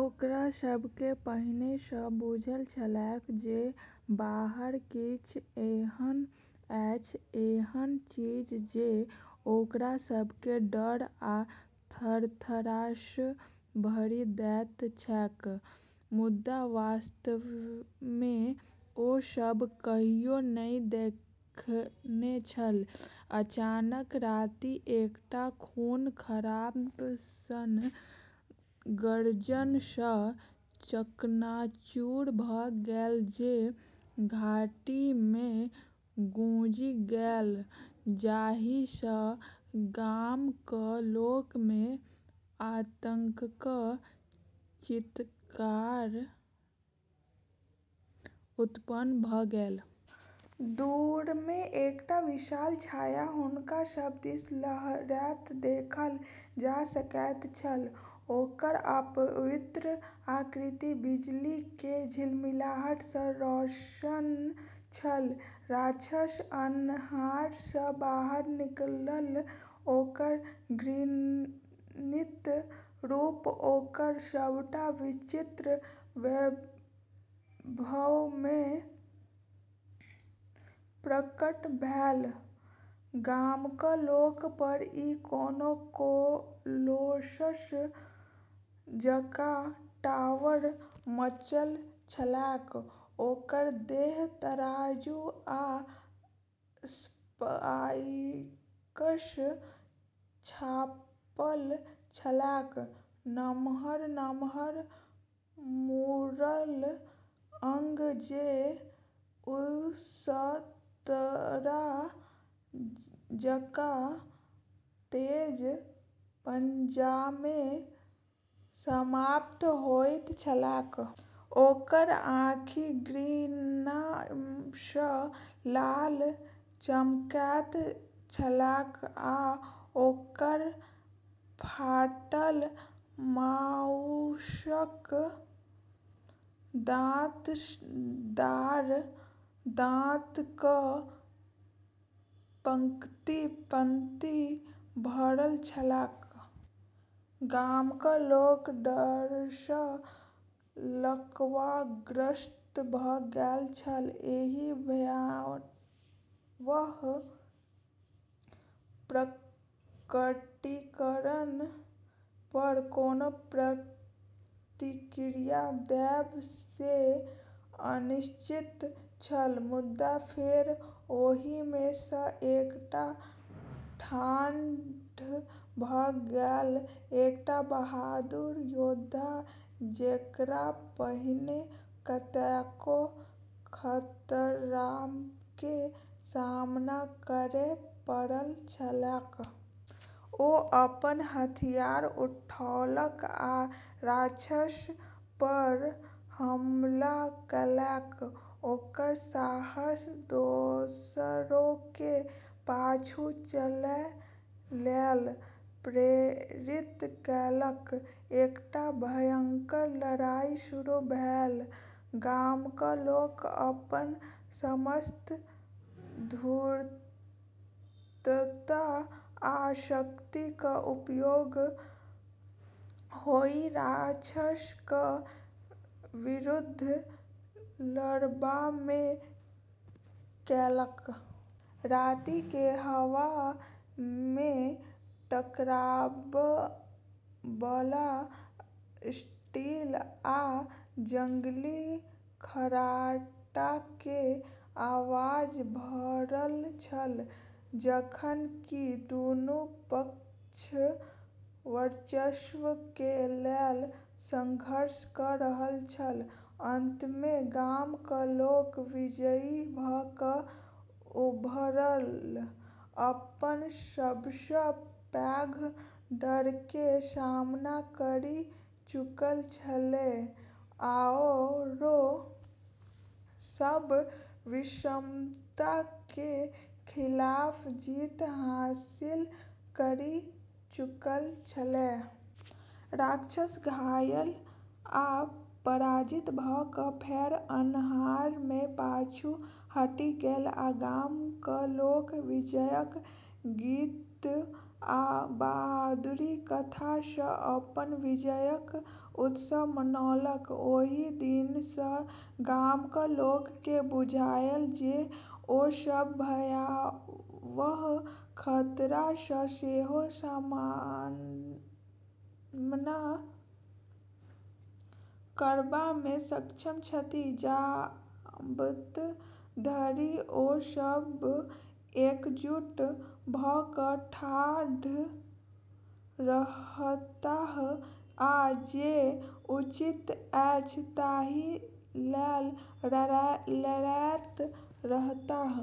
ओकरा सभकेँ पहिनेसँ बुझल छलैक जे बाहर किछ एहन अछि, एहन चीज जे ओकरा सभकेँ डर आ थरथरसँ भरि दैत छैक, मुदा वास्तवमे ओ सभ कहियो नहि देखने छल। अचानक राति एकटा खून-खराबा सन गर्जन सँ चकनाचूर भ' गेल जे घाटीमे गूँजि गेल, जाहि सँ गामक लोकमे आतंकक चीत्कार उत्पन्न भ' गेल। दूरमे एकटा विशाल छाया हुनका सब दिस लहरैत देखल जा सकैत छल, ओकर अपवित्र आकृति बिजलीके झिलमिलाहटसँ रोशन छल। राक्षस अन्हारसँ बाहर निकलल, ओकर घृणित रूप ओकर सभटा विचित्र वैभवमे प्रकट भेल। गामक लोक पर ई कोनो कोलोसस जकाँ टावर-मचल छलैक, ओकर देह तराजू आ स्पाइकसँ झाँपल छलैक, नम्हर-नम्हर मुड़ल अंग जे उस्तरा जकाँ तेज पंजामे समाप्त होइत छलैक। ओकर आँखि घृणासँ लाल चमकैत छलैक आ ओकर फाटल माउसक दाँतदार दाँतक पंक्ति-पंक्ति भरल छलैक। गामक लोक डरसँ लकवाग्रस्त भ' गेल छल, एहि भयावह प्रकटीकरण पर कोना प्रतिक्रिया देब से अनिश्चित छल। मुदा फेर, ओहिमे सँ एकटा ठाढ़ भ' गेल, एकटा बहादुर योद्धा जेकरा पहिने कतेको खतराके सामना करय पड़ल छलैक। ओ अपन हथियार उठौलक आ राक्षस पर हमला केलक, ओकर साहस दोसरोके पाछू चलय लेल प्रेरित केलक। एकटा भयंकर लड़ाइ शुरू भेल, गामक लोक अपन समस्त धूर्तता आ शक्तिक उपयोग ओहि राक्षसक विरुद्ध लड़बामे केलक। रातिके हवा में टकरावबला स्टील आ जंगली खर्राटाके आवाज भरल छल, जखन कि दुनू पक्ष वर्चस्वके लेल संघर्ष क' रहल छल। अंतमे गामक लोक विजयी भ' क' उभरल। अपन सबसँ पैघ डरके सामना करि चुकल छलै, आरो सब विषमताके खिलाफ जीत हासिल करि चुकल छलै। राक्षस घायल आ पराजित भ' क' फेर अन्हारमे पाछू हटि गेल आ गामक लोक विजयक गीत आ बहादुरीक कथासँ अपन विजयक उत्सव मनौलक। ओहि दिनसँ गामक लोककेँ बुझायल जे ओ सभ भयावह खतरासँ सेहो सामना करबामे सक्षम छथि, जाबत धरि ओ सब एकजुट भ' क' ठाढ़ रहताह आ जे उचित अछि ताहि लेल लड़ैत रहताह।